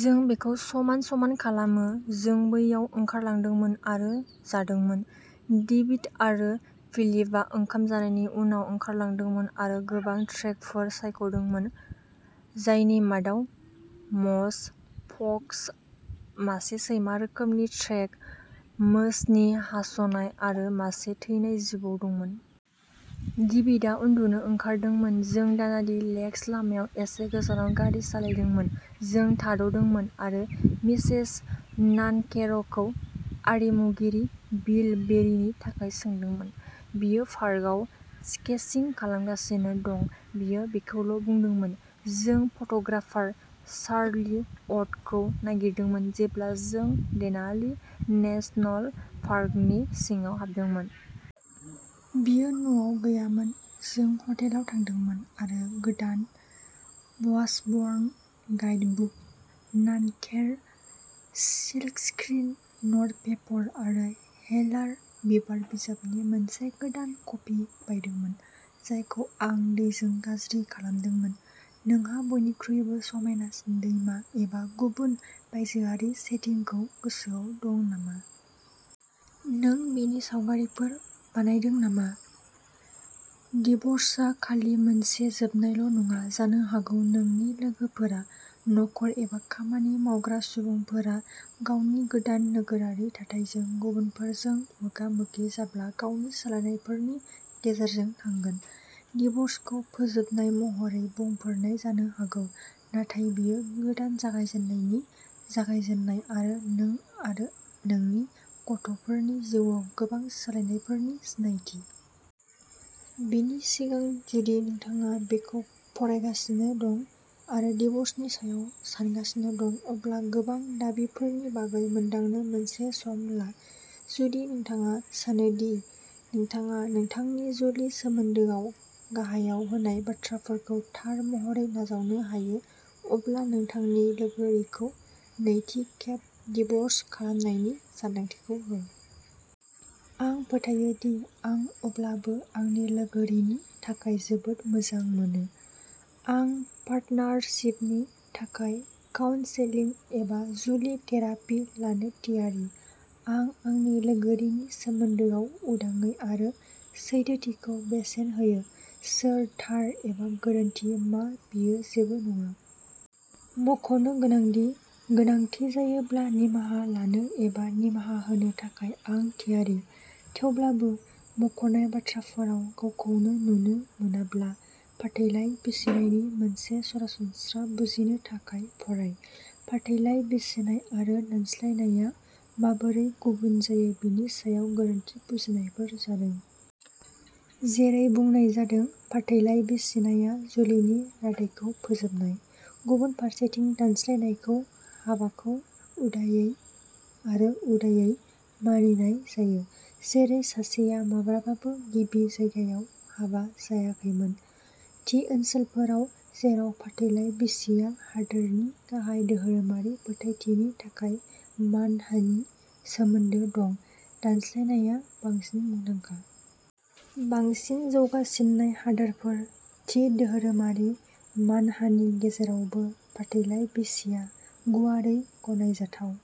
जों बेखौ समान-समान खालामो। जों बैयाव ओंखारलांदोंमोन आरो जादोंमोन। डेभिड आरो फिलिपआ ओंखाम जानायनि उनाव ओंखारलांदोंमोन आरो गोबां ट्रेकफोर सायख'दोंमोन, जायनि मादाव मोस, फक्स, मासे सैमा रोखोमनि ट्रेक, मोसनि हास'नाय आरो मासे थैनाय जिबौ दंमोन। डेभिडआ उन्दुनो ओंखारदोंमोन। जों दानाली लेकस लामायाव एसे गोजानाव गारि सालायदोंमोन। जों थाद'दोंमोन आरो मिसेस नानकेर'खौ आरिमुगिरि बिल बेरिनि थाखाय सोंदोंमोन। बियो पार्कआव स्केचिं खालामगासिनो दं बियो बेखौल' बुंदोंमोन। जों फट'ग्राफार चार्ली अटखौ नागिरदोंमोन जेब्ला जों देनाली नेशनल पार्कनि सिङाव हाबदोंमोन। बियो न'आव गैयामोन। जों ह'टेलाव थांदोंमोन आरो गोदान वाशबर्न गाइडबुक, नानकेर' सिल्कस्क्रीन नटपेपर आरो हेलार बिबार बिजाबनि मोनसे गोदान कपि बायदोंमोन, जायखौ आं दैजों गाज्रि खालामदोंमोन। नोंहा बयनिख्रुइबो समायनासिन दैमा एबा गुबुन बायजोआरि सेटिंखौ गोसोआव दं नामा? नों बेनि सावगारिफोर बानायदों नामा? डिव'र्सआ खालि मोनसे जोबनायल' नङा। जानो हागौ नोंनि लोगोफोरा। न'खर एबा खामानि मावग्रा सुबुंफोरा गावनि गोदान नोगोरारि थाथायजों गुबुनफोरजों मोगा मोगि जाब्ला गावनि सोलायनायफोरनि गेजेरजों थांगोन। डिव'र्सखौ फोजोबनाय महरै बुंफोरनाय जानो हागौ, नाथाय बेयो गोदान जागायजेन्नायनि जागायजेन्नाय आरो नों आरो नोंनि गथ'फोरनि जिउआव गोबां सोलायनायफोरनि सिनायथि। बेनि सिगां, जुदि नोंथाङा बेखौ फरायगासिनो दं आरो डिव'र्सनि सायाव सानगासिनो दं, अब्ला गोबां दाबिफोरनि बागै मोनदांनो मोनसे सम ला। जुदि नोंथाङा सानो दि नोंथाङा नोंथांनि जुलि सोमोन्दोआव गाहायाव होनाय बाथ्राफोरखौ थार महरै नाजावनो हायो, अब्ला नोंथांनि लोगोरिखौ नैथि खेब डिव'र्स खालामनायनि सानदांथिखौ हो। आं फोथायो दि आं अब्लाबो आंनि लोगोरिनि थाखाय जोबोद मोजां मोनो। आं पार्टनारशिपनि थाखाय काउन्सेलिं एबा जुलि थेरापि लानो थियारि। आं आंनि लोगोरिनि सोमोन्दोआव उदाङै आरो सैथोथिखौ बेसेन होयो। सोर थार एबा गोरोन्थि, मा बेयो जेबो नङा। मखनो गोनांदि, गोनांथि जायोब्ला निमाहा लानो एबा निमाहा होनो थाखाय आं थियारि। थेवब्लाबो, मख'नाय बाथ्राफोराव गावखौनो नुनो मोनाब्ला, फाथैलाइ बिसिनायनि मोनसे सरासनस्रा बुजिनो थाखाय फराय। फाथैलाइ बिसिनाय आरो दानस्लायनायआ माबोरै गुबुन जायो बेनि सायाव गोरोन्थि बुजिनायफोर जादों। जेरै बुंनाय जादों, फाथैलाइ बिसिनाया जुलिनि रादायखौ फोजोबनाय। गुबुन फारसेथिं, दानस्लायनायखौ हाबाखौ उदायै आरो उदायै मानिनाय जायो, जेरै सासेया माब्लाबाबो गिबि जायगायाव हाबा जायाखैमोन। थि ओनसोलफोराव जेराव फाथैलाइ बिसिया हादोरनि गाहाय धोरोमारि फोथायथिनि थाखाय मानहानि सोमोन्दो दं, दानस्लायनायआ बांसिन मुंदांखा। बांसिन जौगासिननाय हादोरफोर, थि धोरोमारि मानहानि गेजेरावबो, फाथैलाइ बिसिया गुवारै गनायजाथाव।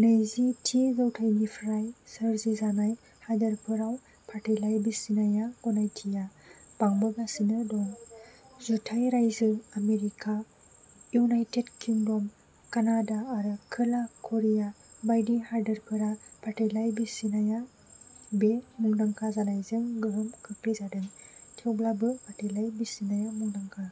नैजि थि जौथायनिफ्राय सोरजिजानाय हादोरफोराव फाथैलाइ बिसिनाया गनायथिया बांबोगासिनो दं। जुथाइ रायजो आमेरिका, इउनाइटेड किंडम, कानाडा आरो खोला करिया बायदि हादोरफोरा फाथैलाइ बिसिनाया बे मुंदांखा जानायजों गोहोम खोख्लैजादों। थेवब्लाबो, फाथैलाइ बिसिनाया मुंदांखा।